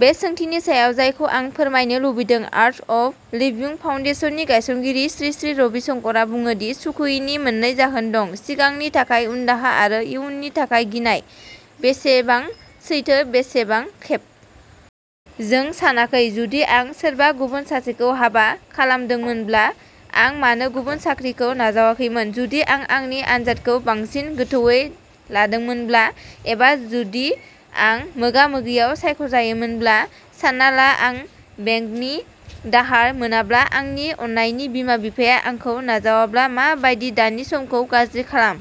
बे सोंथिनि सायाव जायखौ आं फोरमायनो लुबैदों। आर्ट अफ लिभिं फाउन्डेशननि गायसनगिरि श्री श्री रबि शंकरआ बुङो दि सुखुयैनि मोननै जाहोन दं। सिगांनि थाखाय उनदाहा आरो इयुननि थाखाय गिनाय। बेसेबां सैथो, बेसेबां खेब जों सानाखै जुदि आं सोरबा गुबुन सासेखौ हाबा खालामदोंमोनब्ला, आं मानो गुबुन साख्रिखौ नाजावाखैमोन, जुदि आं आंनि आनजादखौ बांसिन गोथौवै लादोंमोनब्ला एबा जुदि आं मोगा-मोगियाव सायख'जायामोनब्ला, सान्ना ला आं बेंकनि दाहार मोनाब्ला, आंनि अननायनि बिमा-बिफाया आंखौ नाजावाब्ला मा बायदि दानि समखौ गाज्रि खालाम।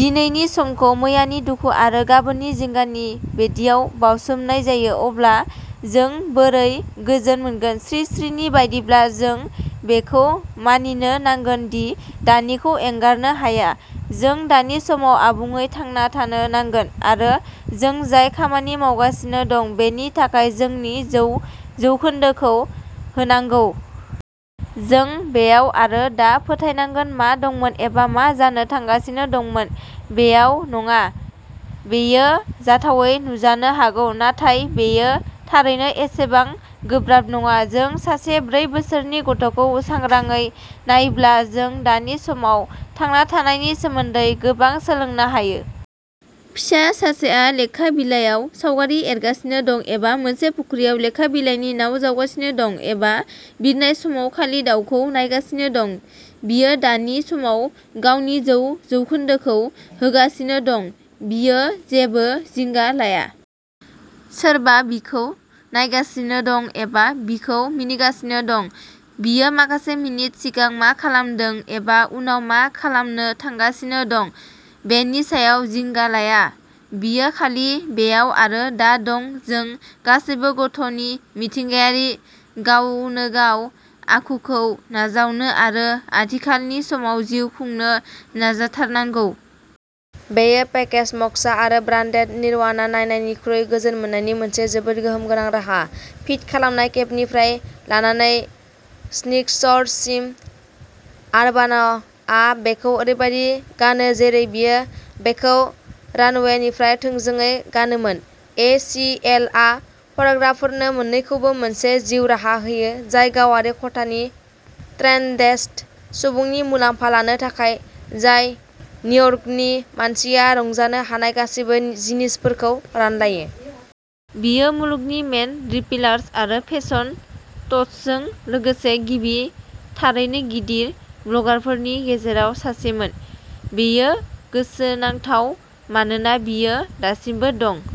दिनैनि समखौ मैयानि दुखु आरो गाबोननि जिंगानि बेदियाव बावसोमनाय जायो। अब्ला जों बोरै गोजोन मोनगोन? श्री श्रीनि बायदिब्ला जों बेखौ मानिनो नांगोन दि दानिखौ एंगारनो हाया। जों दानि समाव आबुङै थांना थानो नांगोन आरो जों जाय खामानि मावगासिनो दं बिनि थाखाय जोंनि जौ जौखोन्दोखौ होनांगौ। जों बेयाव आरो दा फोथायनांगोन मा दंमोन एबा मा जानो थांगासिनो दंमोन बेयाव नङा। बेयो जाथावै नुजानो हागौ नाथाय बेयो थारैनो एसेबां गोब्राब नङा। जों सासे ब्रै बोसोरनि गथ'खौ सांग्राङै नायोब्ला जों दानि समाव थांना थानायनि सोमोन्दै गोबां सोलोंनो हायो। फिसा सासेआ लेखा बिलाइयाव सावगारि एरगासिनो दं, एबा मोनसे फुख्रियाव लेखा बिलाइनि नाव जावगासिनो दं एबा बिरनाय समाव खालि दाउखौ नायगासिनो दं। बियो दानि समाव गावनि जौ जौखोन्दोखौ होगासिनो दं। बियो जेबो जिंगा लाया। सोरबा बिखौ नायगासिनो दं एबा बिखौ मिनिगासिनो दं, बियो माखासे मिनिट सिगां मा खालामदों एबा उनाव मा खालामनो थांगासिनो दं बेनि सायाव जिंगा लाया। बियो खालि बेयाव आरो दा दं। जों गासैबो गथ'नि मिथिंगायारि, गावनोगाव आखुखौ नाजावनो आरो आथिखालनि समाव जिउ खुंनो नाजाथारनांगौ। बेयो पेकेज्ड मक्सा आरो ब्रान्डेड निर्वाणा नागिरनायनिख्रुइ गोजोन मोन्नायनि मोनसे जोबोद गोहोम गोनां राहा। फिट खालामनाय केपनिफ्राय लानानै स्नीकर्ससिम, आर्बान'आ बेखौ ओरैबायदि गानो जेरै बियो बेखौ रानवेनिफ्राय थोंजोङै गानोमोन। ए. सि. एल. आ फरायग्राफोरनो मोन्नैखौबो मोनसे जिउ राहा होयो, जाय गावारि खथानि ट्रेन्डेस्ट सुबुंनि मुलाम्फा लानो थाखाय, जाय निउयर्कनि मानसिया रंजानो हानाय गासैबो जि जिनिसफोरखौ रानलायो। बियो मुलुगनि मेन रिपेलार्स आरो फेसन टस्टजों लोगोसे गिबि थारैनो गिदिर ब्लगारफोरनि गेजेराव सासेमोन। बेयो गोसोनांथाव मानोना बियो दासिमबो दं।